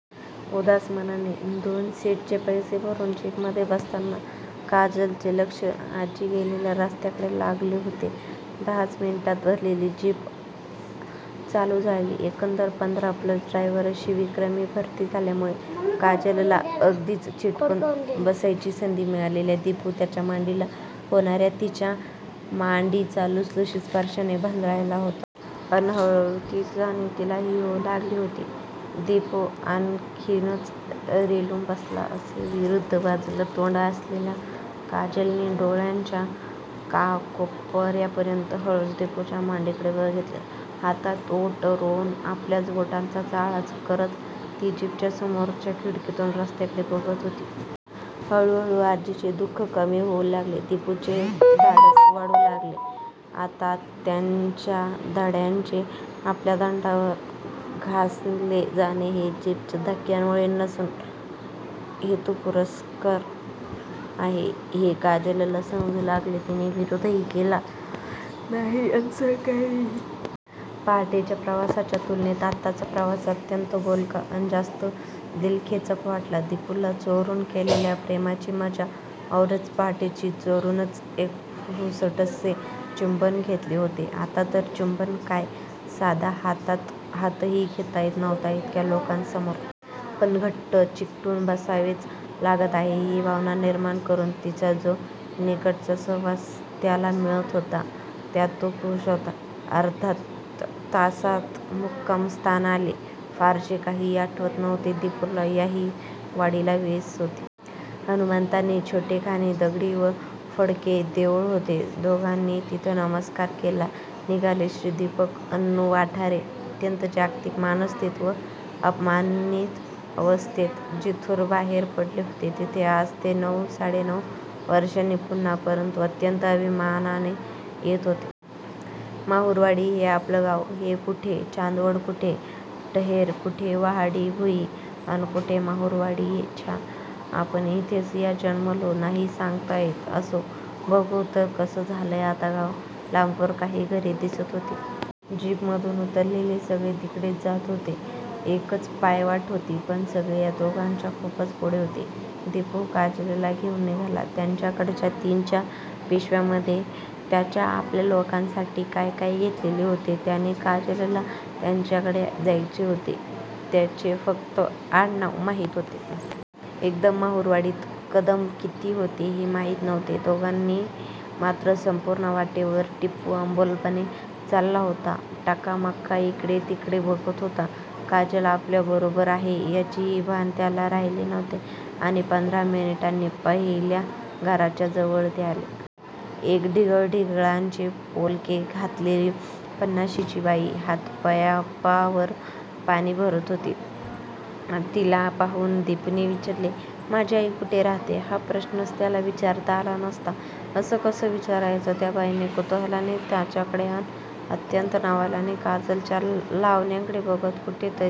उदास मनाने दोन सीटचे पैसे भरून जीपमधे बसताना काजलचे लक्ष आजी गेलेल्या रस्त्याकडे लागले होते. दहाच मिनिटात भरलेली जीप चालू झाली. एकंदर पंधरा प्लस ड्रायव्हर अशी विक्रमी भरती झाल्यामुळे काजलला अगदीच चिकटून बसायची संधी मिळालेला दिपू त्याच्या मांडीला होणार्या तिच्या मांडीच्या लुसलुशीत स्पर्शाने भंजाळला होता. अन हळूहळू तीच जाणीव तिलाही होऊ लागली होती. दिपू आणखीनच रेलून बसला तसे विरुद्ध बाजूला तोंड असलेल्या काजलने डोळ्यांच्या कोपर्यातून हळूच दिपूच्या मांडीकडे बघितले. दातात ओठ रोवून आपल्याच बोटांचा चाळा करत ती जीपच्या समोरच्या खिडकीतून रस्त्याकडे बघत होती. हळूहळू आजीचे दु:ख कमी होऊ लागले. दिपूचे धाडस वाढू लागले. आता त्याच्या दंडाचे आपल्या दंडावर घासले जाणे हे जीपच्या धक्क्यांमुळे नसून हेतूपुरस्पर आहे हे काजलला समजू लागले. तिने विरोधही केला नाही अन सहकार्यही! पहाटेच्या प्रवासाच्या तुलनेत आत्ताचा प्रवास अत्यंत बोलका अन जास्त दिलखेचक वाटला दिपूला. चोरून केलेल्या प्रेमाची मजा औरच! पहाटेही चोरूनच एक पुसटसे चुंबन घेतले होते. आत्ता तर चुंबन काय, साधा हातात हातही घेता येत नव्हता इतक्या लोकांसमोर! पण घट्ट चिकटून 'बसावेच लागत आहे' ही भावना निर्माण करून तिचा जो निकटचा सहवास त्याला मिळत होता त्यात तो खुष होता. अर्ध्याच तासात मुक्कामस्थान आले. फारसे काहीही आठवत नव्हते दिपूला. याही वाडीला वेस होती. हनुमंताचे छोटेखानी दगडी व पडके देऊळ होते. दोघांनी तिथे नमस्कार केला. निघाले. श्री. दीपक अण्णू वाठारे अत्यंत अगतिक मनस्थितीत व अपमानीत अवस्थेत जिथून बाहेर पडले होते तिथे आज ते नऊ, साडे नऊ वर्षांनी पुन्हा परंतू अत्यंत अभिमानाने येत होते. महुरवाडी! हे आपले गाव? हे? कुठे चांदवड, कुठे टहेरं! कुठे वडाळी भुई! अन कुठे महुरवाडी! छ्या! आपण इथेच का जन्मलो? नाही सांगता येत! असो. बघू तर कसं झालंय आता गाव? लांबवर काही घरे दिसत होती. जीपमधून उतरलेले सगळे तिकडेच जात होते. एकच पायवाट होती. पण सगळे या दोघांच्या खूप पुढे होते. दिपू काजलला घेऊन निघाला. त्याच्याकडच्या तीन पिशव्यांमधे त्याच्या 'आपल्या' लोकांसाठी काय काय घेतलेले होते त्याने. काजलला ज्यांच्याकडे जायचे होते त्यांचे फक्त आडनाव माहीत होते. कदम! महुरवाडीत कदम किती होते हे माहीत नव्हते दोघांनाही! मात्र, संपूर्ण वाटेवर दिपू अबोलपणे चालला होता. टकामका इकडे तिकडे बघत होता. काजल आपल्याबरोबर आहे याचेही भान त्याला राहिले नव्हते. आणि पंधरा मिनिटांनी पहिल्या घराच्या जवळ ते आले. एक ठिगळाठिगळांचे पोलके घातलेली पन्नाशीची बाई हातपंपावर पाणी भरत होती. तिला पाहून दिपूने विचारले. 'माझी आई कुठे राहते'! हा प्रश्नच त्याला विचारता आला नसता. असं कसं विचारायचं? त्या बाईने कुतुहलाने त्याच्याकडे अन अत्यंत नवलाने काजलच्या लावण्याकडे बघत कुठेतरी